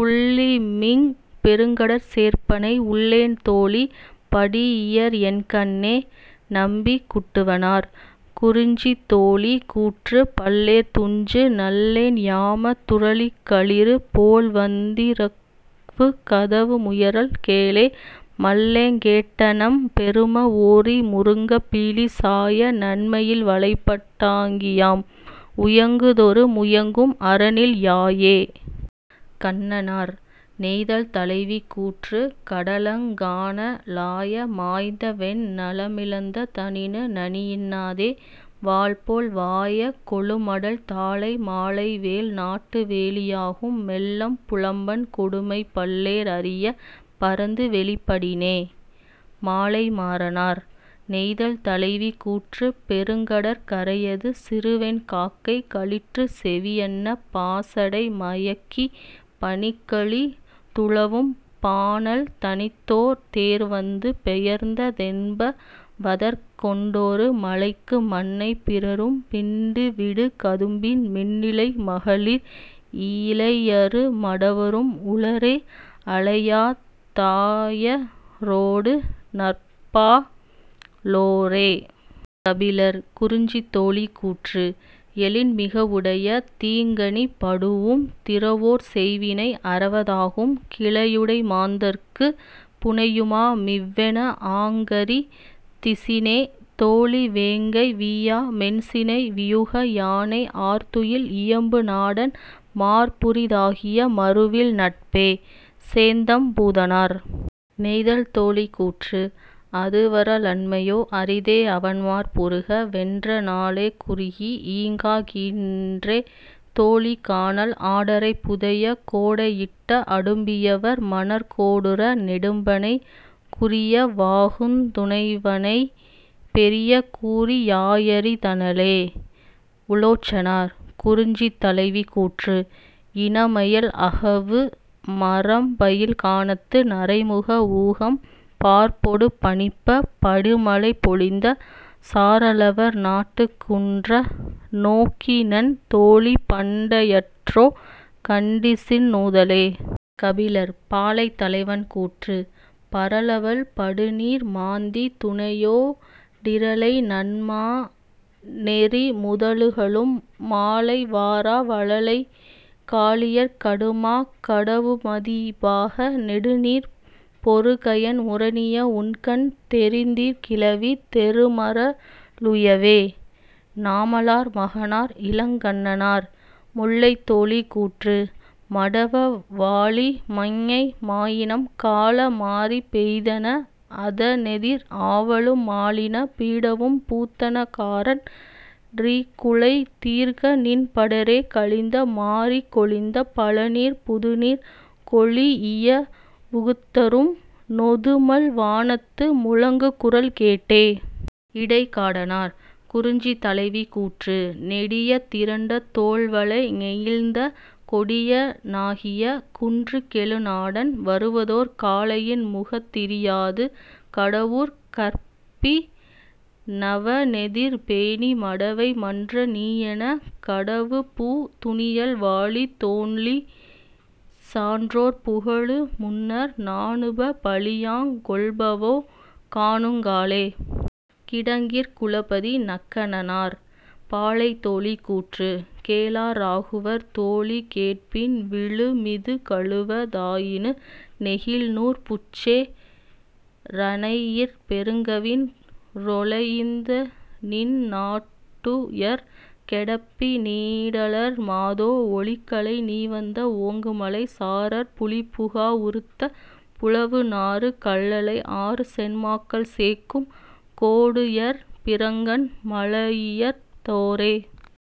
புள்ளிமிழ் பெருங்கடற் சேர்ப்பனை உள்ளேன் தோழி படீஇயர்என் கண்ணே. -நம்பி குட்டுவனார்.. குறிஞ்சி தோழி கூற்று பல்லோர் துஞ்சு நள்ளென் யாமத் துரவுக்களிறு போல்வந் திரவுக்கதவு முயறல் கேளே மல்லேங் கேட்டனெம் பெரும ஓரி முருங்கப் பீலி சாய நன்மயில் வலைப்பட் டாங்கியாம் உயங்குதொறு முயங்கும் அறனில் யாயே. -கண்ணனார்.. நெய்தல் தலைவி கூற்று கடலங் கான லாய மாய்ந்தவென் நலமிழந் ததனினு நனியின் னாதே வாள்போல் வாய கொழுமடல் தாழை மாலைவேல் நாட்டு வேலி யாகும் மெல்லம் புலம்பன் கொடுமை பல்லோர் அறியப் பரந்துவௌிப் படினே. -மாலைமாறனார்.. நெய்தல் தலைவி கூற்று பெருங்கடற் கரையது சிறுவெண் காக்கை களிற்றுச்செவி யன்ன பாசடை மயக்கிப் பனிக்கழி துழவும் பானாள் தனித்தோர் தேர்வந்து பெயர்ந்த தென்ப வதற்கொண் டோரு மலைக்கு மன்னை பிறரும் பின்னுவிடு கதுப்பின் மின்னிழை மகளிர் இளையரு மடவரும் உளரே அலையாத் தாயரொடு நற்பா லோரே. -கபிலர்.. குறிஞ்சி தோழி கூற்று எழின்மிக வுடைய தீங்கணிப் படூஉம் திறவோர் செய்வினை அறவ தாகும் கிளையுடை மாந்தர்க்குப் புணையுமா மிவ்வென ஆங்கறிந் திசினே தோழி வேங்கை வீயா மென்சினை வீயுக யானை ஆர்துயில் இயம்பு நாடன் மார்புரித் தாகிய மறுவில் நட்பே. -சேந்தம் பூதனார்.. நெய்தல் தோழி கூற்று அதுவர லன்மையோ அரிதே அவன்மார் புறுக வென்ற நாளே குறுகி ஈங்கா கின்றே தோழி கானல் ஆடரை புதையக் கோடை யிட்ட அடும்பிவர் மணற்கோ டூர நெடும்பனைக் குறிய வாகுந் துறைவனைப் பெரிய கூறி யாயறிந் தனளே. -உலோச்சனார்.. குறிஞ்சி தலைவி கூற்று இனமயில் அகவு மரம்பயில் கானத்து நரைமுக ஊகம் பார்ப்பொடு பனிப்பப் படுமழை பொழிந்த சாரலவர் நாட்டுக் குன்ற நோக்கினென் தோழி பண்டை யற்றோ கண்டிசின் நுதலே. -கபிலர்.. பாலை தலைவன் கூற்று பரலவல் படுநீர் மாந்தித் துணையோ டிரலை நன்மா னெறிமுத லுகளும் மாலை வாரா வளவைக் காலியற் கடுமாக் கடவுமதி பாக நெடுநீர்ப் பொருகயன் முரணிய உண்கண் தெரிதீங் கிளவி தெருமர லுயவே. -நாமலார் மகனார் இளங்கண்ணனார்.. முல்லை தோழி கூற்று மடவ வாழி மஞ்ஞை மாயினம் கால மாரி பெய்தென அதனெதிர் ஆலலு மாலின பிடவும் பூத்தன காரன் றிகுளை தீர்கநின் படரே கழிந்த மாரிக் கொழிந்த பழநீர் புதுநீர் கொளீஇய வுகுத்தரும் நொதுமல் வானத்து முழங்குகுரல் கேட்டே. -இடைக்காடனார்.. குறிஞ்சி தலைவி கூற்று நெடிய திரண்ட தோள்வளை ஞெகிழ்த்த கொடிய னாகிய குன்றுகெழு நாடன் வருவதோர் காலை யின்முகந் திரியாது கடவுட் கற்பி னவனெதிர் பேணி மடவை மன்ற நீயெனக் கடவுபு துனியல் வாழி தோழி சான்றோர் புகழு முன்னர் நாணுப பழியாங் கொல்பவோ காணுங் காலே. -கிடங்கிற் குலபதி நக்கண்ணனார்.. பாலை தோழி கூற்று கேளா ராகுவர் தோழி கேட்பின் விழுமிது கழிவ தாயினு நெகிழ் நூற் பூச்சே ரணையிற் பெருங்கவின் றொலைந்தநின் நாட்டுயர் கெடப்பி னீடலர் மாதோ ஒலிகழை நிவந்த ஓங்குமலைச் சாரற் புலிபுகா வுறுத்த புலவுநாறு கல்லளை ஆறுசென் மாக்கள் சேக்கும் கோடுயர் பிறங்கன் மலையிறந் தோரே.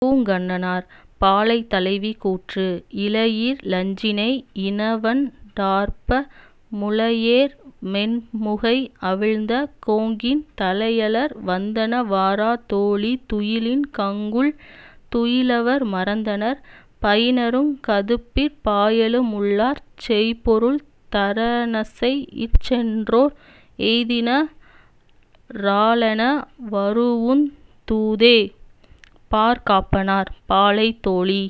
-பூங்கண்ணனார்.. பாலை தலைவி கூற்று இலையி லஞ்சினை யினவண் டார்ப்ப முலையேர் மென்முகை அவிழ்ந்த கோங்கின் தலையலர் வந்தன வாரா தோழி துயிலின் கங்குல் துயிலவர் மறந்தனர் பயினறுங் கதுப்பிற் பாயலு முள்ளார் செய்பொருள் தரனசைஇச் சென்றோர் எய்தின ராலென வரூஉந் தூதே. -பார்காப்பானார்.. பாலை தோழி